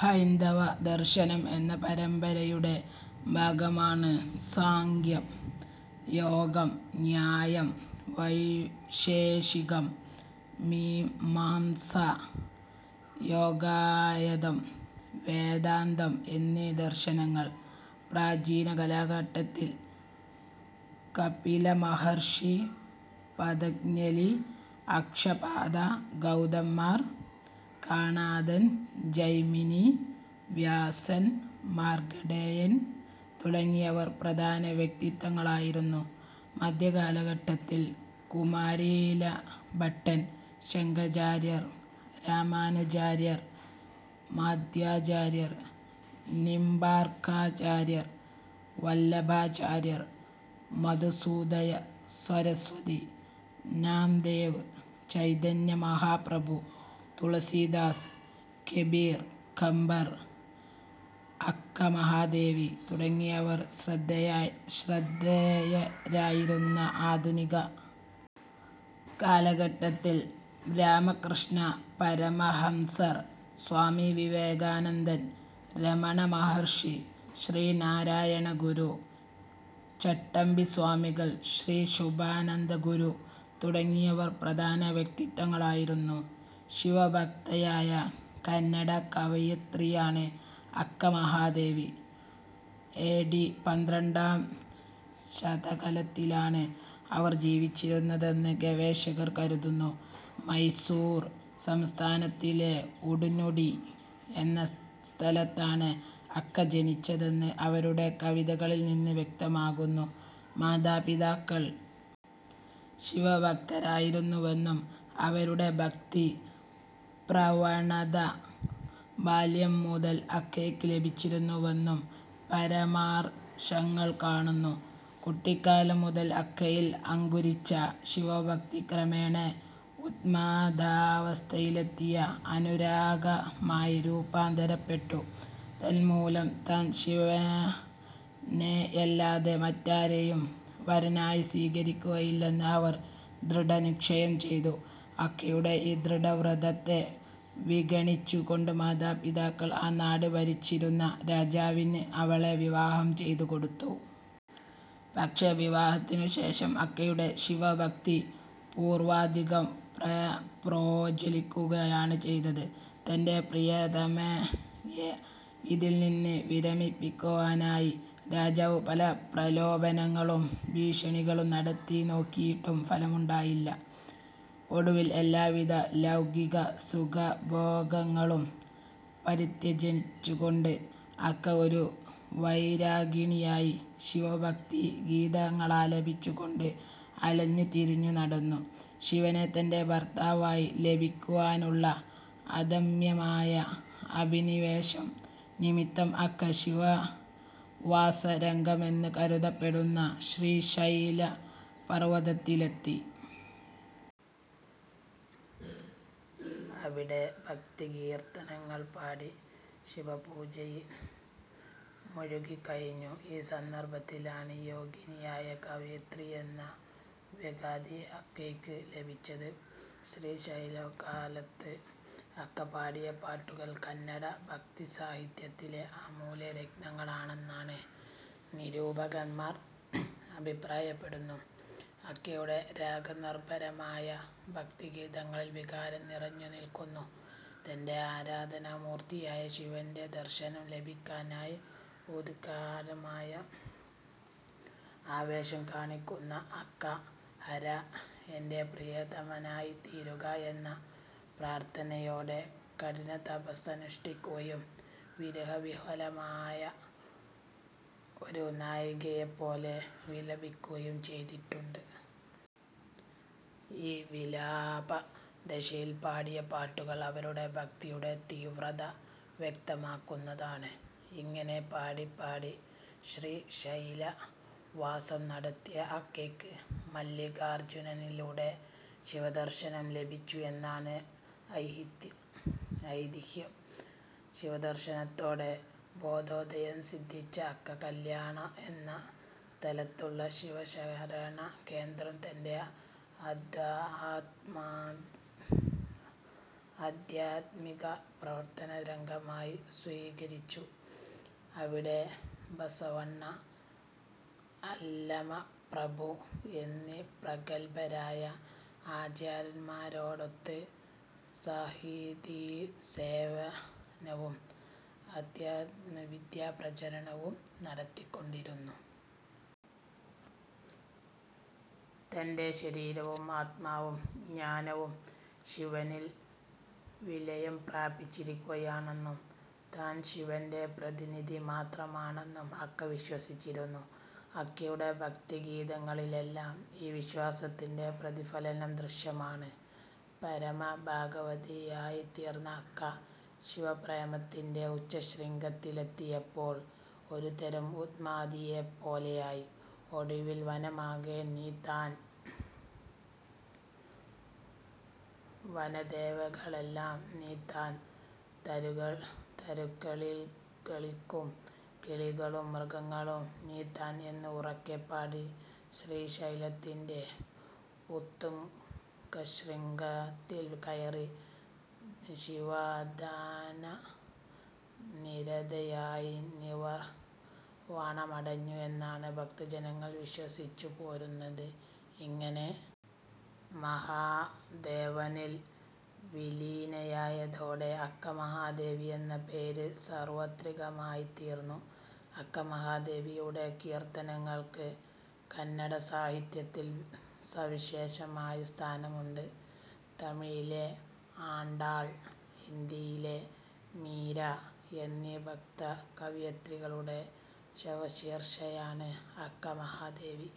ഹൈന്ദവദർശനം എന്ന പരമ്പരയുടെ ഭാഗമാണ് സാംഖ്യം, യോഗം, ന്യായം, വൈശേഷികം, മീമാംസ, ലോകായതം, വേദാന്തം എന്നീ ദർശനങ്ങൾ. പ്രാചീന കാലഘട്ടത്തിൽ കപില മഹർഷി, പതഞ്ജലി, അക്ഷപാദ ഗൗതമർ, കണാദൻ, ജൈമിനി, വ്യാസൻ, മാർക്കണ്ഡേയൻ തുടങ്ങിയവർ പ്രധാന വ്യക്തിത്വങ്ങളായിരുന്നു. മധ്യകാലഘട്ടത്തിൽ കുമാരിലഭട്ടൻ, ശങ്കരാചാര്യർ, രാമാനുജാചാര്യർ, മധ്വാചാര്യർ, നിംബാർക്കാചാര്യർ, വല്ലഭാചാര്യർ, മധുസൂദന സരസ്വതി, നാംദേവ്, ചൈതന്യ മഹാപ്രഭു, തുളസീദാസ്, കബീർ, കമ്പർ, അക്ക മഹാദേവി തുടങ്ങിയവർ ശ്രദ്ധേയ ശ്രദ്ധേയരായിരുന്ന. ആധുനിക കാലഘട്ടത്തിൽ രാമകൃഷ്ണ പരമഹംസർ, സ്വാമി വിവേകാനന്ദൻ, രമണ മഹർഷി, ശ്രീനാരായണഗുരു, ചട്ടമ്പിസ്വാമികൾ, ശ്രീ ശുഭാനന്ദഗുരു തുടങ്ങിയവർ പ്രധാന വ്യക്തിത്വങ്ങളായിരുന്നു. ശിവഭക്തയായ കന്നഡ കവയിത്രിയാണ് അക്ക മഹാദേവി. എ ഡി പന്ത്രണ്ടാം ശതകലത്തിലാണ് അവർ ജീവിച്ചിരുന്നതെന്ന് ഗവേഷകർ കരുതുന്നു. മൈസൂർ സംസ്ഥാനത്തിലെ ഉടുനുടി എന്ന സ്ഥലത്താണ് അക്ക ജനിച്ചതെന്ന് അവരുടെ കവിതകളിൽനിന്ന് വ്യക്തമാകുന്നു. മാതാപിതാക്കൾ ശിവഭക്തരായിരുന്നുവെന്നും അവരുടെ ഭക്തിപ്രവണത ബാല്യം മുതൽ അക്കയ്ക്ക് ലഭിച്ചിരുന്നുവെന്നും പരാമർശങ്ങൾ കാണുന്നു. കുട്ടിക്കാലം മുതൽ അക്കയിൽ അങ്കുരിച്ച ശിവഭക്തി ക്രമേണ ഉന്മാദാവസ്ഥയിലെത്തിയ അനുരാഗമായി രൂപാന്തരപ്പെട്ടു. തന്മൂലം താൻ ശിവനെയല്ലാതെ മറ്റാരെയും വരനായി സ്വീകരിക്കുകയില്ലെന്ന് അവർ ദൃഢനിശ്ചയം ചെയ്തു. അക്കയുടെ ഈ ദൃഢവ്രതത്തെ വിഗണിച്ചുകൊണ്ട് മാതാപിതാക്കൾ ആ നാട് ഭരിച്ചിരുന്ന രാജാവിന് അവളെ വിവാഹം ചെയ്തുകൊടുത്തു. പക്ഷേ വിവാഹത്തിനുശേഷം അക്കയുടെ ശിവഭക്തി പൂർവാധികം പ്രോജ്വലിക്കുകയാണ് ചെയ്തത്. തന്റെ പ്രിയതമയെ ഇതിൽനിന്ന് വിരമിപ്പിക്കുവാനായി രാജാവ് പല പ്രലോഭനങ്ങളും ഭീഷണികളും നടത്തിനോക്കിയിട്ടും ഫലമുണ്ടായില്ല. ഒടുവിൽ എല്ലാവിധ ലൗകികസുഖഭോഗങ്ങളും പരിത്യജിച്ചുകൊണ്ട് അക്ക ഒരു വൈരാഗിണിയായി ശിവഭക്തിഗീതങ്ങളാലപിച്ചുകൊണ്ട് അലഞ്ഞുതിരിഞ്ഞുനടന്നു. ശിവനെ തന്റെ ഭർത്താവായി ലഭിക്കുവാനുള്ള അദമ്യമായ അഭിനിവേശം നിമിത്തം അക്ക ശിവവാസരംഗമെന്ന് കരുതപ്പെടുന്ന ശ്രീശൈലപർവതത്തിലെത്തി. അവിടെ ഭക്തികീർത്തനങ്ങൾ പാടി ശിവപൂജയിൽ മുഴുകിക്കഴിഞ്ഞു. ഈ സന്ദർഭത്തിലാണ് യോഗിനിയായ കവയിത്രി എന്ന വിഖ്യാതി അക്കയ്ക്ക് ലഭിച്ചത്. ശ്രീശൈലവാസകാലത്ത് അക്ക പാടിയ പാട്ടുകൾ കന്നഡ ഭക്തിസാഹിത്യത്തിലെ അമൂല്യരത്നങ്ങളാണെന്ന് നിരൂപകന്മാർ അഭിപ്രായപ്പെടുന്നു. അക്കയുടെ രാഗനിർഭരമായ ഭക്തിഗീതങ്ങളിൽ വികാരം നിറഞ്ഞുനിൽക്കുന്നു. തന്റെ ആരാധനാമൂർത്തിയായ ശിവന്റെ ദർശനം ലഭിക്കാനായി ഉത്കടമായ ആവേശം കാണിക്കുന്ന അക്ക ഹരാ, എന്റെ പ്രിയതമനായിത്തീരുക എന്ന പ്രാർഥനയോടെ കഠിനതപസ്സനുഷ്ഠിക്കുകയും വിരഹവിഹ്വലയായ ഒരു നായികയെപ്പോലെ വിലപിക്കുകയും ചെയ്തിട്ടുണ്ട്. ഈ വിലാപദശയിൽ പാടിയ പാട്ടുകൾ അവരുടെ ഭക്തിയുടെ തീവ്രത വ്യക്തമാക്കുന്നതാണ്. ഇങ്ങനെ പാടിപ്പാടി ശ്രീശൈലവാസം നടത്തിയ അക്കയ്ക്ക് മല്ലികാർജുനനിലൂടെ ശിവദർശനം ലഭിച്ചു എന്നാണ് ഐതിഹ്യം. ശിവദർശനത്തോടെ ബോധോദയം സിദ്ധിച്ച അക്ക കല്യാണ എന്ന സ്ഥലത്തുള്ള ശിവശരണകേന്ദ്രം തന്റെ ആധ്യാത്മിക പ്രവർത്തനരംഗമായി സ്വീകരിച്ചു. അവിടെ ബസവണ്ണ, അല്ലമപ്രഭു എന്നീ പ്രഗല്ഭരായ ആചാര്യന്മാരോടൊത്ത് സാഹിതീസേവനവും അധ്യാത്മവിദ്യാപ്രചാരണവും നടത്തിക്കൊണ്ടിരുന്നു. തന്റെ ശരീരവും ആത്മാവും ജ്ഞാനവും ശിവനിൽ വിലയം പ്രാപിച്ചിരിക്കുകയാണെന്നും താൻ ശിവന്റെ പ്രതിനിധി മാത്രമാണെന്നും അക്ക വിശ്വസിച്ചിരുന്നു. അക്കയുടെ ഭക്തിഗീതങ്ങളിലെല്ലാം ഈ വിശ്വാസത്തിന്റെ പ്രതിഫലനം ദൃശ്യമാണ്. പരമഭാഗവതയായിത്തീർന്ന അക്ക ശിവപ്രേമത്തിന്റെ ഉച്ചശൃംഗത്തിലെത്തിയപ്പോൾ ഒരുതരം ഉന്മാദിയെപ്പോലെയായി. ഒടുവിൽ വനമാകെ നീ താൻ, വനദേവതകളെല്ലാം നീ താൻ, തരുക്കളിൽക്കളിക്കും കിളികളും മൃഗങ്ങളും നീ താൻ എന്ന് ഉറക്കെ പാടി ശ്രീശൈലത്തിന്റെ ഉത്തുംഗശൃംഗത്തിൽ കയറി ശിവധ്യാനനിരതയായി നിർവാണമടഞ്ഞു എന്നാണ് ഭക്തജനങ്ങൾ വിശ്വസിച്ചുപോരുന്നത്. ഇങ്ങനെ മഹാദേവനിൽ വിലീനയായതോടെ അക്ക മഹാദേവി എന്ന പേര് സാർവത്രികമായിത്തീർന്നു. അക്ക മഹാദേവിയുടെ കീർത്തനങ്ങൾക്ക് കന്നഡസാഹിത്യത്തിൽ സവിശേഷമായ സ്ഥാനമുണ്ട്. തമിഴിലെ ആണ്ടാൾ, ഹിന്ദിയിലെ മീര എന്നീ ഭക്തകവയിത്രികളുടെ സമശീർഷയാണ് അക്ക മഹാദേവി.